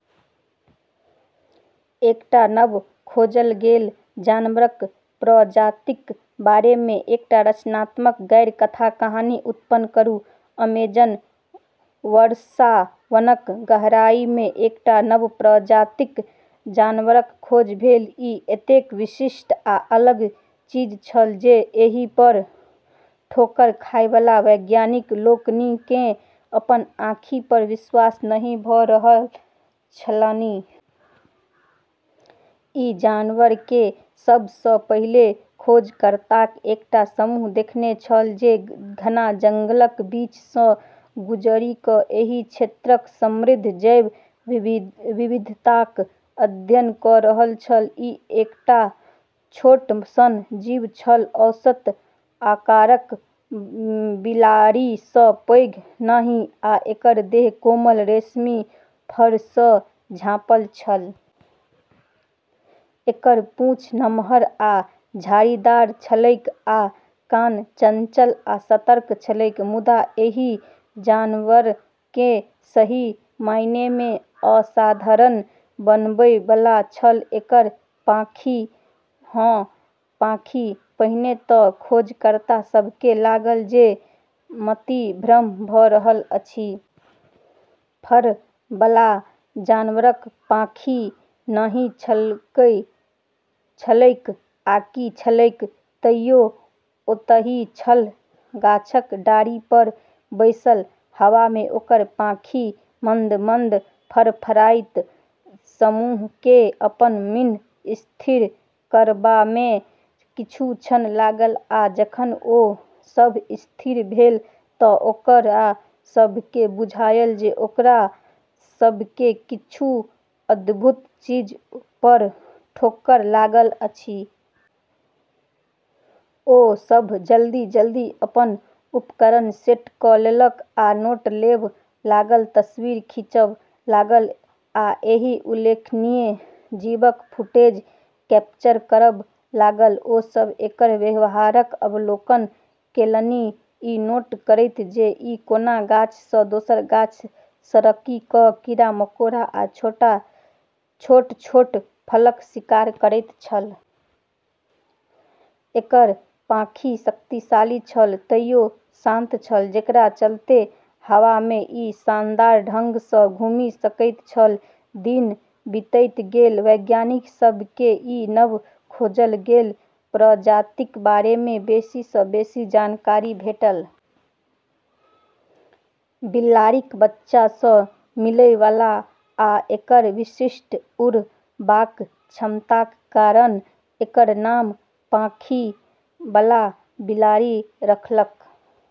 एकटा नव खोजल गेल जानवरक प्रजातिक बारेमे एकटा रचनात्मक गैर-कथा कहानी उत्पन्न करू। अमेजन वर्षावनक गहराईमे एकटा नव प्रजातिक जानवरक खोज भेल। ई एतेक विशिष्ट आ अलग चीज छल, जे एहि पर ठोकर खाय वाला वैज्ञानिक लोकनि केँ अपन आँखि पर विश्वास नहि भ’ रहल छलनि। ई जानवरकेँ सभ सँ पहिले खोजकर्ताक एकटा समूह देखने छल जे घना जंगलक बीच सँ गुजरि क’ एहि क्षेत्रक समृद्ध जैव विविधताक अध्ययन क’ रहल छल। ई एकटा छोट सन जीव छल, औसत आकारक बिलाड़ि सँ पैघ नहि, आ एकर देह कोमल, रेशमी फर सँ झाँपल छल। एकर पूँछ नमहर आ झाड़ीदार छलैक आ कान चंचल आ सतर्क छलैक। मुदा एहि जानवरकेँ सही मायनेमे असाधारण बनबै बला छल एकर पाँखि। हँ, पाँखि! पहिने तँ खोजकर्ता सभकेँ लागल जे मतिभ्रम भ’ रहल अछि। फर बला जानवरक पाँखि नहि छलैक, आकि छलैक? तइयो ओतहि छल, गाछक डारि पर बैसल, हवामे ओकर पाँखि मंद-मंद फड़फड़ाइत। समूहकेँ अपन मन स्थिर करबामे किछु क्षण लागल, आ जखन ओ सभ स्थिर भेल तँ ओकरा सभकेँ बुझायल जे ओकरा सभकेँ किछु अद्भुत चीज पर ठोकर लागल अछि। ओ सभ जल्दी-जल्दी अपन उपकरण सेट क’ लेलक, आ नोट लेब’ लागल, तस्वीर खींचब’ लागल, आ एहि उल्लेखनीय जीवक फुटेज कैप्चर करब’ लागल। ओ सभ एकर व्यवहारक अवलोकन केलनि, ई नोट करैत जे ई कोना गाछ सँ दोसर गाछ सरकि क’ कीड़ा-मकोड़ा आ छोट-छोट फलक शिकार करैत छल। एकर पाँखि शक्तिशाली छल, तइयो शांत छल, जेकरा चलते हवामे ई शानदार ढंग सँ घूमि सकैत छल। दिन बीतैत गेल, वैज्ञानिक सभकेँ ई नव खोजल गेल प्रजातिक बारेमे बेसी सँ बेसी जानकारी भेटल। बिलाड़िक बच्चा सँ मिलै वाला आ एकर विशिष्ट उड़बाक क्षमताक कारण एकर नाम "पाँखि बला बिलाड़ि" रखलक।